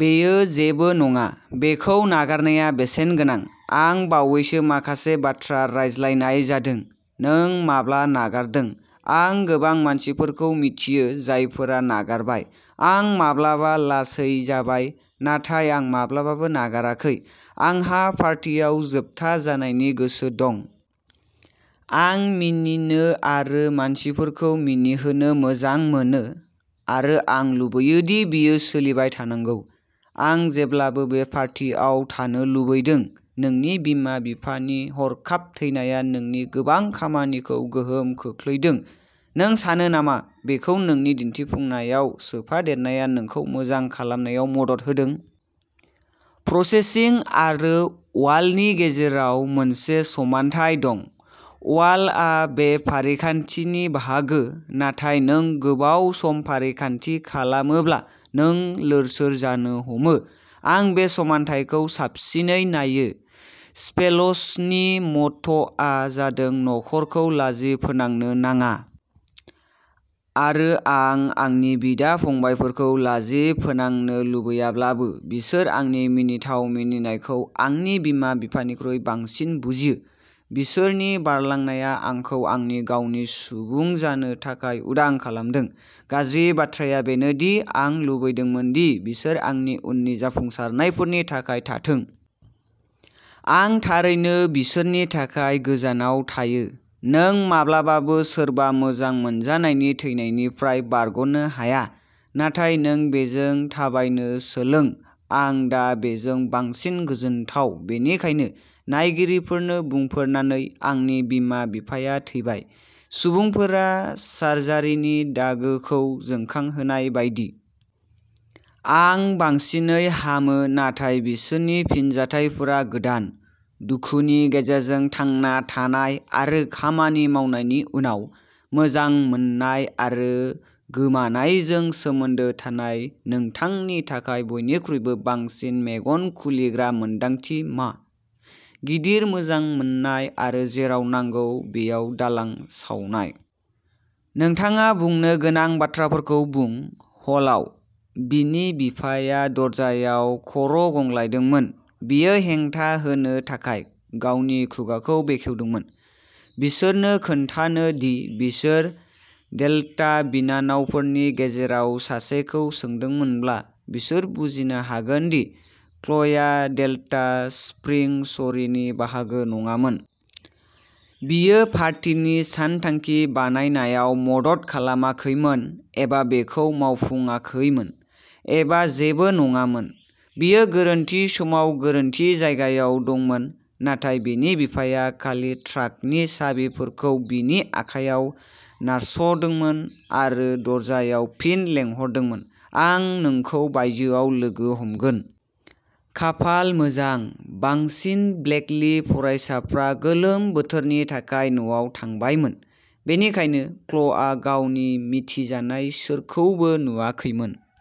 बेयो जेबो नङा। बेखौ नागारनाया बेसेनगोनां। आं बावैसो माखासे बाथ्रा रायज्लायनाय जादों, "नों माब्ला नागारदों? " आं गोबां मानसिफोरखौ मिथियो जायफोरा नागारबाय। आं माब्लाबा लासै जाबाय, नाथाय आं माब्लाबाबो नागाराखै। आंहा पार्टियाव जोबथा जानायनि गोसो दं। आं मिनिनो आरो मानसिफोरखौ मिनिहोनो मोजां मोनो, आरो आं लुबैयो दि बेयो सोलिबाय थानांगौ। आं जेब्लाबो बे पार्टियाव थानो लुबैदों। नोंनि बिमा-बिफानि हरखाब थैनाया नोंनि गोबां खामानिखौ गोहोम खोख्लैदों। नों सानो नामा बेखौ नोंनि दिन्थिफुंनायाव सोफादेरनाया नोंखौ मोजां खालामनायाव मदद होदों? प्रसेसिं आरो वाल'नि गेजेराव मोनसे समानथाय दं। वाल'आ बे फारिखान्थिनि बाहागो, नाथाय नों गोबाव सम फारिखान्थि खालामोब्ला, नों लोरसोर जानो हमो। आं बे समानथायखौ साबसिनै नायो। स्पेल्सनि म'ट'आ जादों "न'खरखौ लाजि फोनांनो नाङा। " आरो आं आंनि बिदा-फंबायफोरखौ लाजि फोनांनो लुबैयाब्लाबो, बिसोर आंनि मिनिथाव मिनिनायखौ आंनि बिमा-बिफानिख्रुइ बांसिन बुजियो। बिसोरनि बारलांनाया आंखौ आंनि गावनि सुबुं जानो थाखाय उदां खालामदों। गाज्रि बाथ्राया बेनो दि आं लुबैदोंमोन दि बिसोर आंनि उननि जाफुंसारनायफोरनि थाखाय थाथों। आं थारैनो बिसोरनि थाखाय गोजानाव थायो। नों माब्लाबाबो सोरबा मोजां मोनजानायनि थैनायनिफ्राय बारग'नो हाया, नाथाय नों बेजों थाबायनो सोलोंो। आं दा बेजों बांसिन गोजोनथाव, बेनिखायनो नायगिरिफोरनो बुंफोरनानै, "आंनि बिमा-बिफाया थैबाय", सुबुंफोरा सार्जारिनि दागोखौ जोंखांहोनाय बायदि। आं बांसिनै हामो नाथाय बिसोरनि फिनजाथायफोरा गोदान। दुखुनि गेजेरजों थांना थानाय आरो खामानि मावनायनि उनाव, मोजां मोननाय आरो गोमानायजों सोमोन्दो थानाय नोंथांनि थाखाय बयनिख्रुइबो बांसिन मेगन खुलिग्रा मोनदांथि मा? गिदिर मोजां मोन्नाय आरो जेराव नांगौ बैयाव दालां सावनाय। नोंथाङा बुंनो गोनां बाथ्राफोरखौ बुं। हलआव? बिनि बिफाया दरजायाव खर'गंग्लायदोंमोन। बियो हेंथा होनो थाखाय गावनि खुगाखौ खेवदोंमोन, बिसोरनो खोन्थानो दि बिसोर डेल्टा बिनानावफोरनि गेजेराव सासेखौ सोंदोंमोनब्ला, बिसोर बुजिनो हागोन दि क्ल'या डेल्टा स्प्रिं स'रीनि बाहागो नङामोन। बियो पार्टिनि सानथांखि बानायनायाव मदद खालामाखैमोन एबा बेखौ मावफुंाखैमोन एबा जेबो नङामोन। बियो गोरोन्थि समाव गोरोन्थि जायगायाव दंमोन। नाथाय बिनि बिफाया खालि ट्राकनि साबिफोरखौ बिनि आखायाव नारस'दोंमोन आरो दरजायाव फिन लेंहरदोंमोन। आं नोंखौ बायजोआव लोगो हमगोन। खाफाल मोजां, बांसिन ब्लेकली फरायसाफ्रा गोलोम बोथोरनि थाखाय न'आव थांबायमोन, बेनिखायनो क्ल'आ गावनि मिथिजानाय सोरखौबो नुवाखैमोन।